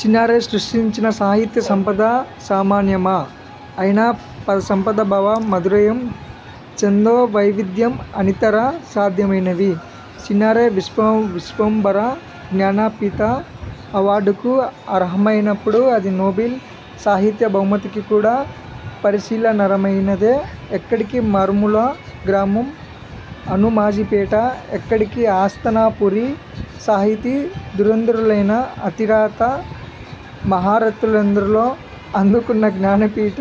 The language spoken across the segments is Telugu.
సినారె సృష్టించిన సాహిత్య సంపద సామాన్యమా? ఆయన పదసంపద, భావ మాధుర్యం, ఛందో వైవిధ్యం, అనితర సాధ్యమైనవి! సినారె 'విశ్వంభర' జ్ఞానపీఠ అవార్డుకు అర్హమైనప్పుడు, అది నోబెల్ సాహిత్య బహుమతికి కూడా పరిశీలనార్హమైనదే! ఎక్కడి మారుమూల గ్రామం హనుమాజీపేట! ఎక్కడి హస్తినాపురి! సాహితీ దురంధరులైన అతిరథ మహారథులెందరో అందుకున్న జ్ఞానపీఠ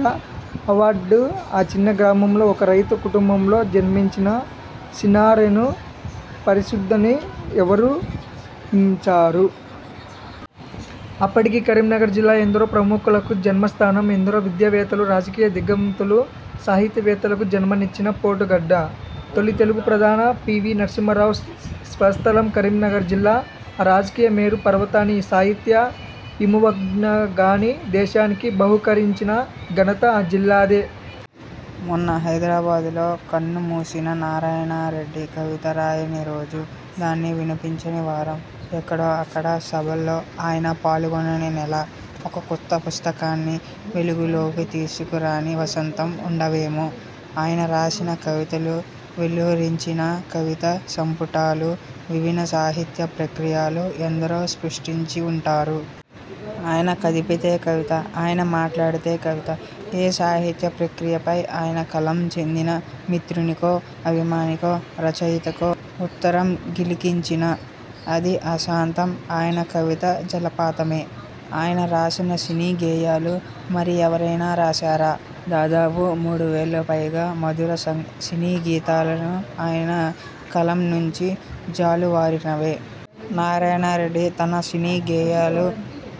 అవార్డు ఆ చిన్న గ్రామంలో ఒక రైతు కుటుంబంలో జన్మించిన సినారెను వరిస్తుందని ఎవరూ హించారు? అప్పటి కరీంనగర్ జిల్లా ఎందరో ప్రముఖులకు జన్మస్థానం. ఎందరో విద్యావేత్తలు, రాజకీయ దిగ్దంతులు, సాహితీవేత్తలకు జన్మనిచ్చిన పోతుగడ్డ. తొలి తెలుగు ప్రధాని పి. వి. నరసింహారావు స్వస్థలం కరీంనగర్ జిల్లా. ఆ రాజకీయ మేరు పర్వతాన్ని, ఈ సాహితీ హిమవన్నగాన్ని దేశానికి బహూకరించిన ఘనత ఆ జిల్లాదే. మొన్న హైదరాబాద్లో కన్నుమూసిన నారాయణరెడ్డి కవిత రాయని రోజు, దాన్ని వినిపించని వారం, ఎక్కడో అక్కడ సభలో ఆయన పాల్గొనని నెల, ఒక కొత్త పుస్తకాన్ని వెలుగులోకి తీసుకురాని వసంతం వుండవేమో! ఆయన రాసినన్ని కవితలు, వెలువరించిన కవితా సంపుటాలు, విభిన్న సాహితీ ప్రక్రియలు ఎందరు సృష్టించి వుంటారు? ఆయనను కదిపితే కవిత! ఆయన మాట్లాడితే కవిత! ఏ సాహిత్య ప్రక్రియపై ఆయన కలం చిందినా, మిత్రునికో, అభిమానికో, రచయితకో ఉత్తరం గిలికించినా – అది ఆసాంతం ఆయన కవితా జలపాతమే! ఆయన రాసినన్ని సినీ గేయాలు మరి ఎవరైనా రాశారా? దాదాపు మూడు వేలకు పైగా మధుర సినీగీతికలు ఆయన కలం నుంచి జాలువారినవే! నారాయణరెడ్డి తన సినీ గేయాలను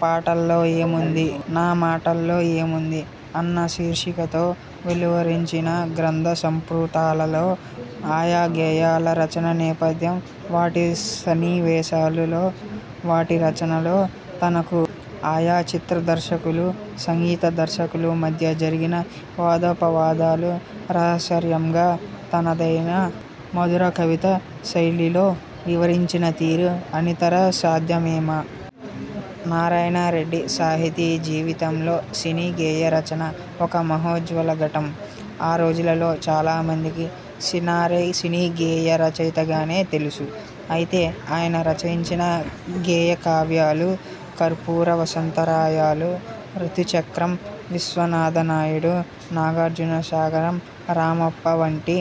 'పాటలో ఏముంది? నా మాటలో ఏముంది? ' అన్న శీర్షికతో వెలువరించిన గ్రంథ సంపుటాలలో ఆయా గేయాల రచనా నేపథ్యం, వాటి సన్నివేశాలు, వాటి రచనలో తనకు, ఆయా చిత్ర దర్శకులు, సంగీత దర్శకుల మధ్య జరిగిన వాదోపవాదాలు రసరమ్యంగా, తనదైన మధుర కవితా శైలిలో వివరించిన తీరు అనితర సాధ్యమేమో! నారాయణ రెడ్డి సాహితీ జీవితంలో సినీ గేయ రచన ఒక మహోజ్వల ఘట్టం. ఆ రోజులలో చాలా మందికి సినారె సినీ గేయ రచయితగానే తెలుసు. అయితే, ఆయన రచించిన గేయ కావ్యాలు 'కర్పూర వసంతరాయలు', 'రుతు చక్రం', 'విశ్వనాథ నాయుడు', 'నాగార్జున సాగరం', 'రామప్ప' వంటి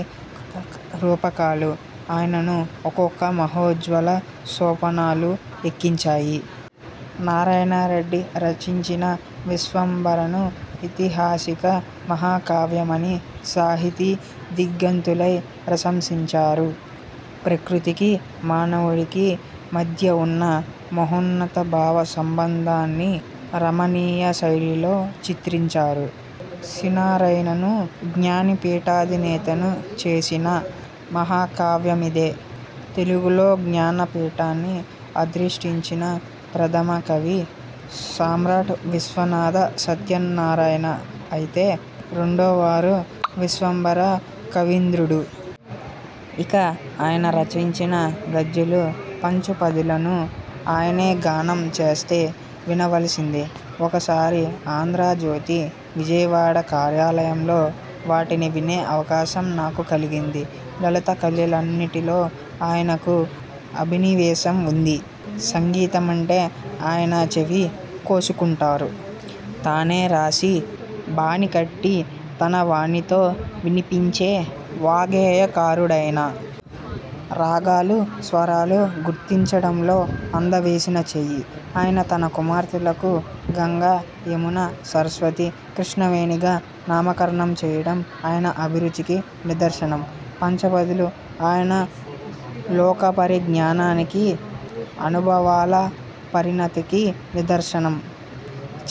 రూపకాలు ఆయనను ఒక్కొక్క మహోజ్వల సోపానాలు ఎక్కించాయి. నారాయణ రెడ్డి రచించిన 'విశ్వంభర'ను ఐతిహాసిక మహా కావ్యమని సాహితీ దిగ్ధంతులే ప్రశంసించారు. ప్రకృతికి, మానవునికి మధ్య వున్న మహోన్నత భావ సంబంధాన్ని రమణీయ శైలిలో చిత్రించారు. సినారెను జ్ఞానపీఠాధినేతను చేసిన మహాకావ్యమిదే. తెలుగులో జ్ఞానపీఠాన్ని అధిష్ఠించిన ప్రథమ 'కవి' సమ్రాట్ విశ్వనాథ సత్యనారాయణ అయితే, రెండవ వారు 'విశ్వంభర' కవీంద్రుడు. ఇక, ఆయన రచించిన గజళ్లు, పంచపదులను ఆయనే గానం చేస్తే, వినవలసిందే. ఒకసారి 'ఆంధ్రజ్యోతి' విజయవాడ కార్యాలయంలో వాటిని వినే అవకాశం నాకు కలిగింది! లలిత కళలన్నింటిలో ఆయనకు అభినివేశం వుంది. సంగీతమంటే ఆయన చెవి కోసుకుంటారు. తానే రాసి, బాణీకట్టి, తన వాణితో వినిపించే వాగ్గేయకారుడాయన. రాగాలు, స్వరాలు గుర్తించడంలో అందెవేసిన చెయ్యి. ఆయన తన కుమార్తెలకు గంగ, యమున, సరస్వతి, కృష్ణవేణిగా నామకరణం చేయడం ఆయన అభిరుచికి నిదర్శనం. 'పంచ పదులు' ఆయన లోకపరిజ్ఞానానికి, అనుభవాల పరిణతికి నిదర్శనం.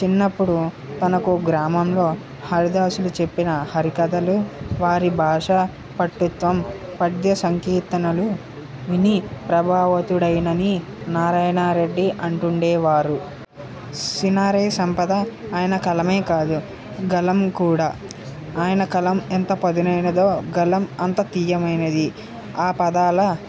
చిన్నప్పుడు తనకు గ్రామంలో హరిదాసులు చెప్పిన హరికథలు, వారి భాషా పటుత్వం, పద్యసంకీర్తనలు విని ప్రభావితుడనైనానని నారాయణ రెడ్డి అంటుండేవారు. సినారె సంపద ఆయన కలమే కాదు, గళం కూడా. ఆయన కలం ఎంత పదునైనదో గళం అంత తీయనైనది. ఆ పదాల